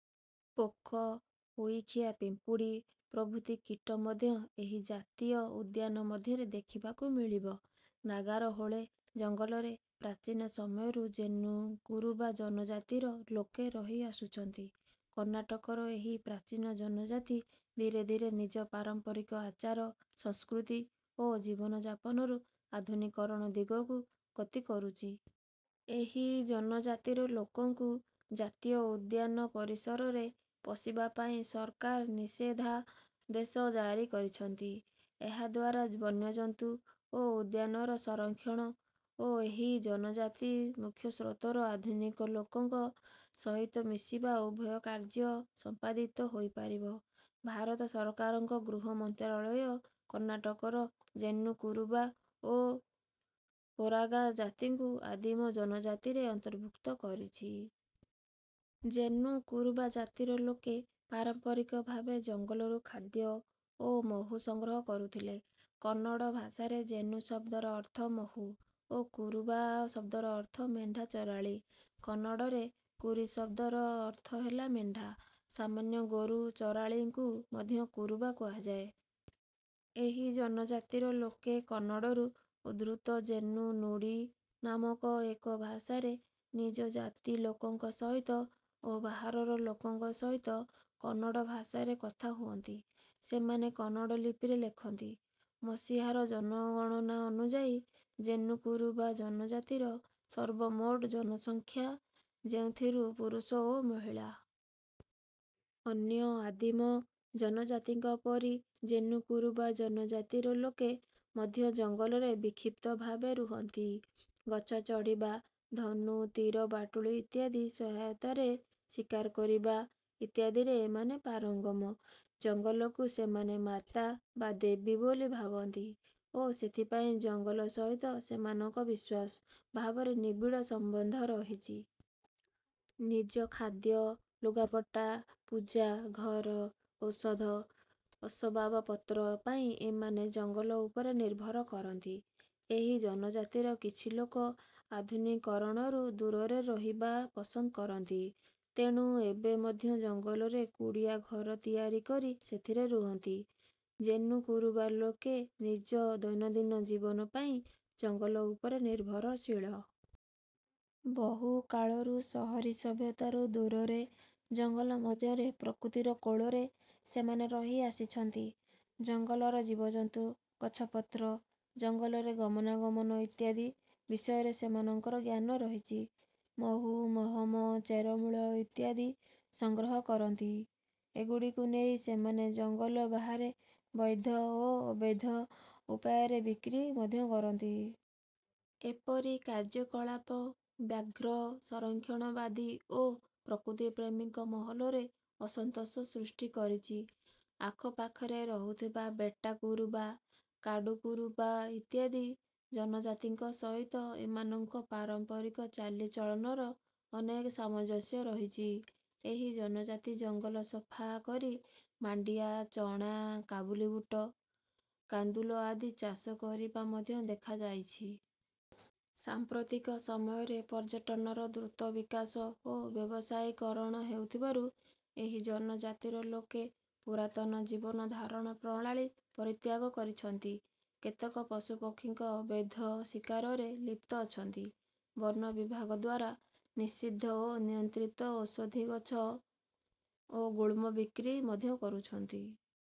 ପୋକ, ଊଈଖିଆ ପିମ୍ପୁଡ଼ି ପ୍ରଭୃତି କୀଟ ମଧ୍ୟ ଏହି ଜାତୀୟ ଉଦ୍ୟାନ ମଧ୍ୟରେ ଦେଖିବାକୁ ମିଳିବ। ନାଗାରହୋଳେ ଜଙ୍ଗଲରେ ପ୍ରାଚୀନ ସମୟରୁ ଜେନୁ କୁରୁବା ଜନଜାତିର ଲୋକେ ରହିଆସୁଛନ୍ତି। କର୍ଣ୍ଣାଟକର ଏହି ପ୍ରାଚୀନ ଜନଜାତି ଧୀରେ ଧୀରେ ନିଜ ପାରମ୍ପରିକ ଆଚାର, ସଂସ୍କୃତି ଓ ଜୀବନଯାପନରୁ ଆଧୁନିକୀକରଣ ଦିଗକୁ ଗତି କରୁଛି। ଏହି ଜନଜାତିର ଲୋକଙ୍କୁ ଜାତୀୟ ଉଦ୍ୟାନ ପରିସରରେ ପଶିବା ପାଇଁ ସରକାର ନିଷେଧାଦେଶ ଜାରି କରିଛନ୍ତି। ଏହାଦ୍ୱାରା ବନ୍ୟଜନ୍ତୁ ଓ ଉଦ୍ୟାନର ସଂରକ୍ଷଣ ଓ ଏହି ଜନଜାତି ମୁଖ୍ୟସ୍ରୋତର ଆଧୁନିକ ଲୋକଙ୍କ ସହିତ ମିଶିବା ଉଭୟ କାର୍ଯ୍ୟ ସମ୍ପାଦିତ ହୋଇପାରିବ। ଭାରତ ସରକାରଙ୍କ ଗୃହ ମନ୍ତ୍ରଣାଳୟ କର୍ଣ୍ଣାଟକର ଜେନୁ କୁରୁବା ଓ କୋରାଗା ଜାତିଙ୍କୁ ଆଦିମ ଜନଜାତିରେ ଅନ୍ତର୍ଭୁକ୍ତ କରିଛି। ଜେନୁ କୁରୁବା ଜାତିର ଲୋକେ ପାରମ୍ପରିକ ଭାବେ ଜଙ୍ଗଲରୁ ଖାଦ୍ୟ ଓ ମହୁ ସଂଗ୍ରହ କରୁଥିଲେ। କନ୍ନଡ଼ ଭାଷାରେ ଜେନୁ ଶବ୍ଦର ଅର୍ଥ ମହୁ ଓ କୁରୁବା ଶବ୍ଦର ଅର୍ଥ ମେଣ୍ଢା ଚରାଳୀ। କନ୍ନଡ଼ରେ କୁରି ଶବ୍ଦର ଅର୍ଥ ହେଲା ମେଣ୍ଢା। ସାମାନ୍ୟ ଗୋରୁ ଚରାଳୀଙ୍କୁ ମଧ୍ୟ କୁରୁବା କୁହାଯାଏ। ଏହି ଜନଜାତିର ଲୋକେ କନ୍ନଡ଼ରୁ ଉଦ୍ଧୃତ ଜେନୁ-ନୁଡ଼ି ନାମକ ଏକ ଭାଷାରେ ନିଜ ଜାତି ଲୋକଙ୍କ ସହିତ ଓ ବାହାରର ଲୋକଙ୍କ ସହିତ କନ୍ନଡ଼ ଭାଷାରେ କଥା ହୁଅନ୍ତି। ସେମାନେ କନ୍ନଡ଼ ଲିପିରେ ଲେଖନ୍ତି। ମସିହାର ଜନଗଣନା ଅନୁଯାୟୀ ଜେନୁ-କୁରୁବା ଜନଜାତିର ସର୍ବମୋଟ ଜନସଂଖ୍ୟା, ଯେଉଁଥିରୁ ପୁରୁଷ ଓ ମହିଳା। ଅନ୍ୟ ଆଦିମ ଜନଜାତିଙ୍କ ପରି ଜେନୁ କୁରୁବା ଜନଜାତିର ଲୋକେ ମଧ୍ୟ ଜଙ୍ଗଲରେ ବିକ୍ଷିପ୍ତ ଭାବେ ରୁହନ୍ତି। ଗଛ ଚଢ଼ିବା, ଧନୁ ତୀର ବାଟୁଳି ଇତ୍ୟାଦି ସହାୟତାରେ ଶିକାର କରିବା ଇତ୍ୟାଦିରେ ଏମାନେ ପାରଙ୍ଗମ। ଜଙ୍ଗଲକୁ ସେମାନେ ମାତା ବା ଦେବୀ ବୋଲି ଭାବନ୍ତି ଓ ସେଥିପାଇଁ ଜଙ୍ଗଲ ସହିତ ସେମାନଙ୍କ ବିଶ୍ୱାସ, ଭାବର ନିବିଡ଼ ସମ୍ବନ୍ଧ ରହିଛି। ନିଜ ଖାଦ୍ୟ, ଲୁଗାପଟା, ପୂଜା, ଘର, ଔଷଧ, ଅସବାବପତ୍ର ପାଇଁ ଏମାନେ ଜଙ୍ଗଲ ଉପରେ ନିର୍ଭର କରନ୍ତି। ଏହି ଜନଜାତିର କିଛି ଲୋକ ଆଧୁନିକୀକରଣରୁ ଦୂରରେ ରହିବା ପସନ୍ଦ କରନ୍ତି, ତେଣୁ ଏବେ ମଧ୍ୟ ଜଙ୍ଗଲରେ କୁଡ଼ିଆ ଘର ତିଆରି କରି ସେଥିରେ ରୁହନ୍ତି। ଜେନୁ କୁରୁବା ଲୋକେ ନିଜ ଦୈନନ୍ଦିନ ଜୀବନ ପାଇଁ ଜଙ୍ଗଲ ଉପରେ ନିର୍ଭରଶୀଳ। ବହୁ କାଳରୁ ସହରୀ ସଭ୍ୟତାରୁ ଦୂରରେ, ଜଙ୍ଗଲ ମଧ୍ୟରେ ପ୍ରକୃତିର କୋଳରେ ସେମାନେ ରହିଆସିଛନ୍ତି। ଜଙ୍ଗଲର ଜୀବଜନ୍ତୁ, ଗଛପତ୍ର, ଜଙ୍ଗଲରେ ଗମନାଗମନ ଇତ୍ୟାଦି ବିଷୟରେ ସେମାନଙ୍କର ଜ୍ଞାନ ରହିଛି। ମହୁ, ମହମ, ଚେରମୂଳ ଇତ୍ୟାଦି ସଂଗ୍ରହ କରନ୍ତି। ଏଗୁଡ଼ିକୁ ନେଇ ସେମାନେ ଜଙ୍ଗଲ ବାହାରେ ବୈଧ ଓ ଅବୈଧ ଉପାୟରେ ବିକ୍ରି ମଧ୍ୟ କରନ୍ତି। ଏପରି କାର୍ଯ୍ୟକଳାପ ବ୍ୟାଘ୍ର ସଂରକ୍ଷଣବାଦୀ ଓ ପ୍ରକୃତିପ୍ରେମୀଙ୍କ ମହଲରେ ଅସନ୍ତୋଷ ସୃଷ୍ଟି କରିଛି। ଆଖପାଖରେ ରହୁଥିବା ବେଟ୍ଟା କୁରୁବା, କାଡ଼ୁ କୁରୁବା ଇତ୍ୟାଦି ଜନଜାତିଙ୍କ ସହିତ ଏମାନଙ୍କ ପାରମ୍ପରିକ ଚାଲିଚଳନର ଅନେକ ସାମଞ୍ଜସ୍ୟ ରହିଛି। ଏହି ଜନଜାତି ଜଙ୍ଗଲ ସଫା କରି ମାଣ୍ଡିଆ, ଚଣା, କାବୁଲି ବୁଟ, କାନ୍ଦୁଲ ଆଦି ଚାଷ କରିବା ମଧ୍ୟ ଦେଖାଯାଇଛି। ସାମ୍ପ୍ରତିକ ସମୟରେ ପର୍ଯ୍ୟଟନର ଦ୍ରୁତ ବିକାଶ ଓ ବ୍ୟବସାୟୀକରଣ ହେଉଥିବାରୁ ଏହି ଜନଜାତିର ଲୋକେ ପୁରାତନ ଜୀବନଧାରଣ ପ୍ରଣାଳୀ ପରିତ୍ୟାଗ କରିଛନ୍ତି। କେତେକ ପଶୁପକ୍ଷୀଙ୍କ ଅବୈଧ ଶିକାରରେ ଲିପ୍ତ ଅଛନ୍ତି। ବନ ବିଭାଗଦ୍ୱାରା ନିଷିଦ୍ଧ ଓ ନିୟନ୍ତ୍ରିତ ଔଷଧିଗଛ ଓ ଗୁଳ୍ମ ବିକ୍ରି ମଧ୍ୟ କରୁଛନ୍ତି।